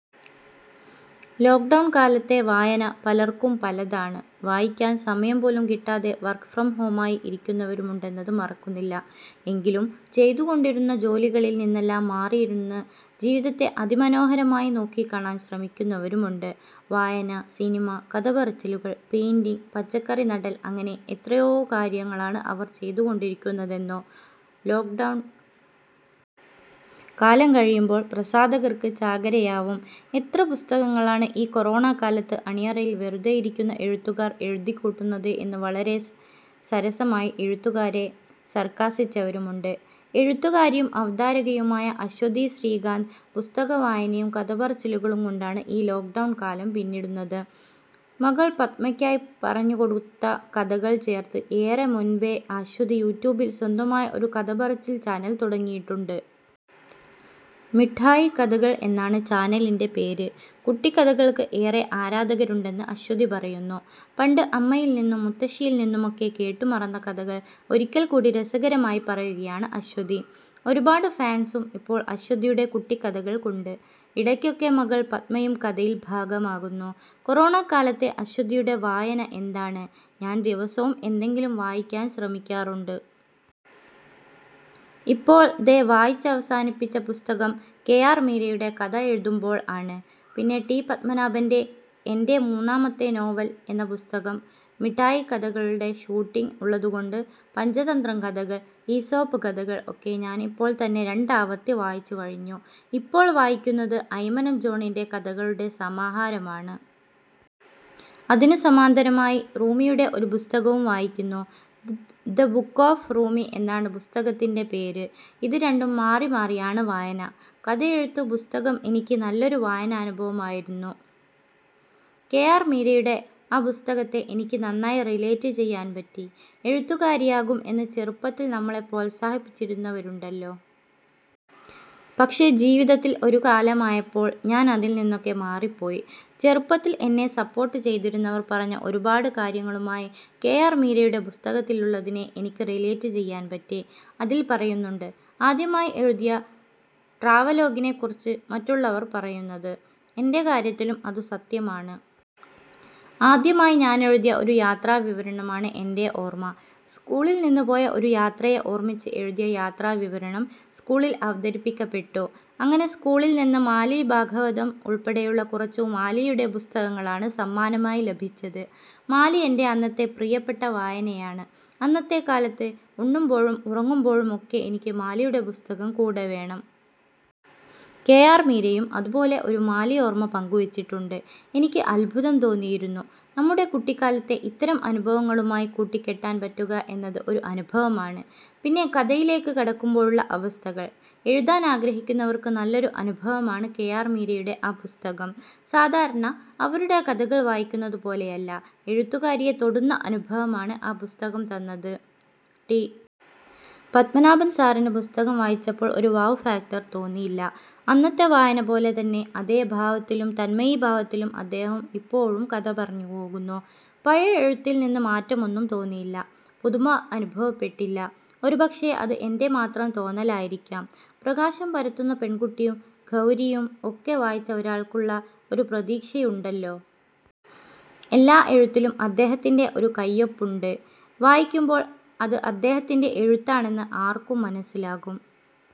Lockdown കാലത്തെ വായന പലർക്കും പലതാണ്. വായിക്കാൻ സമയം പോലും കിട്ടാതെ വർക്ക് ഫ്രം ഹോം ആയി ഇരിക്കുന്നവരുമുണ്ടെന്നത് മറക്കുന്നില്ല. എങ്കിലും ചെയ്തുകൊണ്ടിരുന്ന ജോലികളിൽ നിന്നെല്ലാം മാറിയിരുന്ന് ജീവിതത്തെ അതിമനോഹരമായി നോക്കിക്കാണാൻ ശ്രമിക്കുന്നവരുമുണ്ട്. വായന, സിനിമ, കഥപറച്ചിലുകൾ, പെയിന്റിങ്, പച്ചക്കറി നടൽ അങ്ങനെ എത്രയോ കാര്യങ്ങളാണ് അവർ ചെയ്തുകൊണ്ടിരിക്കുന്നതെന്നോ. ലോക്ഡൗൺ കാലം കഴിയുമ്പോൾ പ്രസാധകർക്ക് ചാകരയാവും. എത്ര പുസ്തകങ്ങളാണ് ഈ കൊറോണക്കാലത്ത് അണിയറയിൽ വെറുതെയിരിക്കുന്ന എഴുത്തുകാർ എഴുതിക്കൂട്ടുന്നത് എന്ന് വളരെ സരസമായി എഴുത്തുകാരെ സർക്കാസിച്ചവരുമുണ്ട്. എഴുത്തുകാരിയും അവതാരകയുമായ അശ്വതി ശ്രീകാന്ത് പുസ്തകവായനയും കഥപറച്ചിലുകളും കൊണ്ടാണ് ഈ ലോക്ഡൗൺ കാലം പിന്നിടുന്നത്. മകൾ പദ്മയ്ക്കായി പറഞ്ഞുകൊടുത്ത കഥകൾ ചേർത്ത് ഏറെ മുൻപേ അശ്വതി യൂട്യൂബിൽ സ്വന്തമായി ഒരു കഥപറച്ചിൽ ചാനൽ തുടങ്ങിയിട്ടുണ്ട്. മിട്ടായിക്കഥകൾ എന്നാണ് ചാനലിൻ്റെ പേര്. കുട്ടിക്കഥകൾക്ക് ഏറെ ആരാധകരുണ്ടെന്ന് അശ്വതി പറയുന്നു. പണ്ട് അമ്മയിൽനിന്നും മുത്തശ്ശിയിൽനിന്നുമൊക്കെ കേട്ടുമറന്ന കഥകൾ ഒരിക്കൽ കൂടി രസകരമായി പറയുകയാണ് അശ്വതി. ഒരുപാട് ഫാൻസും ഇപ്പോൾ അശ്വതിയുടെ കുട്ടിക്കഥകൾക്കുണ്ട്. ഇടയ്ക്കൊക്കെ മകൾ പദ്മയും കഥയിൽ ഭാഗമാകുന്നു. കൊറോണക്കാലത്തെ അശ്വതിയുടെ വായന എന്താണ്? ഞാൻ ദിവസവും എന്തെങ്കിലും വായിക്കാൻ ശ്രമിക്കാറുണ്ട്. ഇപ്പോൾ ദേ വായിച്ചവസാനിപ്പിച്ച പുസ്തകം കെ ആർ മീരയുടെ കഥ എഴുതുമ്പോൾ ആണ്. പിന്നെ ടി പത്മനാഭൻ്റെ എൻ്റെ മൂന്നാമത്തെ നോവൽ എന്ന പുസ്തകം. മിട്ടായിക്കഥകളുടെ ഷൂട്ടിങ് ഉള്ളതുകൊണ്ട് പഞ്ചതന്ത്രം കഥകൾ, ഈസോപ്പ് കഥകൾ ഒക്കെ ഞാൻ ഇപ്പോൾ തന്നെ രണ്ടാവർത്തി വായിച്ചുകഴിഞ്ഞു. ഇപ്പോൾ വായിക്കുന്നത് അയ്മനം ജോണിൻ്റെ കഥകളുടെ സമാഹാരമാണ്. അതിനു സമാന്തരമായി റൂമിയുടെ ഒരു പുസ്തകവും വായിക്കുന്നു. ദ് ബുക്ക് ഓഫ് റൂമി എന്നാണ് പുസ്തകത്തിൻ്റെ പേര്. ഇത് രണ്ടും മാറിമാറിയാണ് വായന. കഥയെഴുത്ത് പുസ്തകം എനിക്ക് നല്ലൊരു വായനാനുഭവമായിരുന്നു. കെ ആർ മീരയുടെ ആ പുസ്തകത്തെ എനിക്ക് നന്നായി റിലേറ്റ് ചെയ്യാൻ പറ്റി. എഴുത്തുകാരിയാകും എന്ന് ചെറുപ്പത്തിൽ നമ്മളെ പ്രോത്സാഹിപ്പിച്ചിരുന്നവരുണ്ടല്ലോ. പക്ഷേ ജീവിതത്തിൽ ഒരു കാലമായപ്പോൾ ഞാൻ അതിൽ നിന്നൊക്കെ മാറിപ്പോയി. ചെറുപ്പത്തിൽ എന്നെ സപ്പോർട്ട് ചെയ്തിരുന്നവർ പറഞ്ഞ ഒരുപാട് കാര്യങ്ങളുമായി കെ ആർ മീരയുടെ പുസ്തകത്തിലുള്ളതിനെ എനിക്ക് റിലേറ്റ് ചെയ്യാൻ പറ്റി. അതിൽ പറയുന്നുണ്ട്, ആദ്യമായി എഴുതിയ ട്രാവലോഗിനെക്കുറിച്ച് മറ്റുള്ളവർ പറയുന്നത്. എൻ്റെ കാര്യത്തിലും അതു സത്യമാണ്. ആദ്യമായി ഞാനെഴുതിയ ഒരു യാത്രാവിവരണമാണ് എൻ്റെ ഓർമ. സ്കൂളിൽനിന്നു പോയ ഒരു യാത്രയെ ഓർമിച്ച് എഴുതിയ യാത്രാവിവരണം സ്കൂളിൽ അവതരിപ്പിക്കപ്പെട്ടു. അങ്ങനെ സ്കൂളിൽനിന്ന് മാലി ഭാഗവതം ഉൾപ്പെടെയുള്ള കുറച്ചു മാലിയുടെ പുസ്തകങ്ങളാണ് സമ്മാനമായി ലഭിച്ചത്. മാലി എൻ്റെ അന്നത്തെ പ്രിയപ്പെട്ട വായനയാണ്. അന്നത്തെ കാലത്ത് ഉണ്ണുമ്പോഴും ഉറങ്ങുമ്പോഴും ഒക്കെ എനിക്ക് മാലിയുടെ പുസ്തകം കൂടെ വേണം. കെ ആർ മീരയും അതുപോലെ ഒരു മാലിയോർമ പങ്കുവച്ചിട്ടുണ്ട്. എനിക്ക് അത്ഭുതം തോന്നിയിരുന്നു. നമ്മുടെ കുട്ടിക്കാലത്തെ ഇത്തരം അനുഭവങ്ങളുമായി കൂട്ടിക്കെട്ടാൻ പറ്റുക എന്നത് ഒരു അനുഭവമാണ്. പിന്നെ കഥയിലേക്ക് കടക്കുമ്പോഴുള്ള അവസ്ഥകൾ. എഴുതാൻ ആഗ്രഹിക്കുന്നവർക്ക് നല്ലൊരു അനുഭവമാണ് കെ ആർ മീരയുടെ ആ പുസ്തകം. സാധാരണ അവരുടെ കഥകൾ വായിക്കുന്നത് പോലെയല്ല, എഴുത്തുകാരിയെ തൊടുന്ന അനുഭവമാണ് ആ പുസ്തകം തന്നത്.ടി പത്മനാഭൻ സാറിൻ്റെ പുസ്തകം വായിച്ചപ്പോൾ ഒരു വൗ ഫാക്ടർ തോന്നിയില്ല. അന്നത്തെ വായന പോലെ തന്നെ അതേഭാവത്തിലും തന്മയീഭാവത്തിലും അദ്ദേഹം ഇപ്പോഴും കഥ പറഞ്ഞുപോകുന്നു. പഴയ എഴുത്തിൽനിന്ന് മാറ്റമൊന്നും തോന്നിയില്ല. പുതുമ അനുഭവപ്പെട്ടില്ല. ഒരുപക്ഷേ അത് എൻ്റെ മാത്രം തോന്നലായിരിക്കാം. പ്രകാശം പരത്തുന്ന പെൺകുട്ടിയും ഗൗരിയും ഒക്കെ വായിച്ച ഒരാൾക്ക് ഉള്ള ഒരു പ്രതീക്ഷയുണ്ടല്ലോ. എല്ലാ എഴുത്തിലും അദ്ദേഹത്തിൻ്റെ ഒരു കയ്യൊപ്പുണ്ട്. വായിക്കുമ്പോൾ അത് അദ്ദേഹത്തിൻ്റെ എഴുത്താണെന്ന് ആർക്കും മനസ്സിലാകും.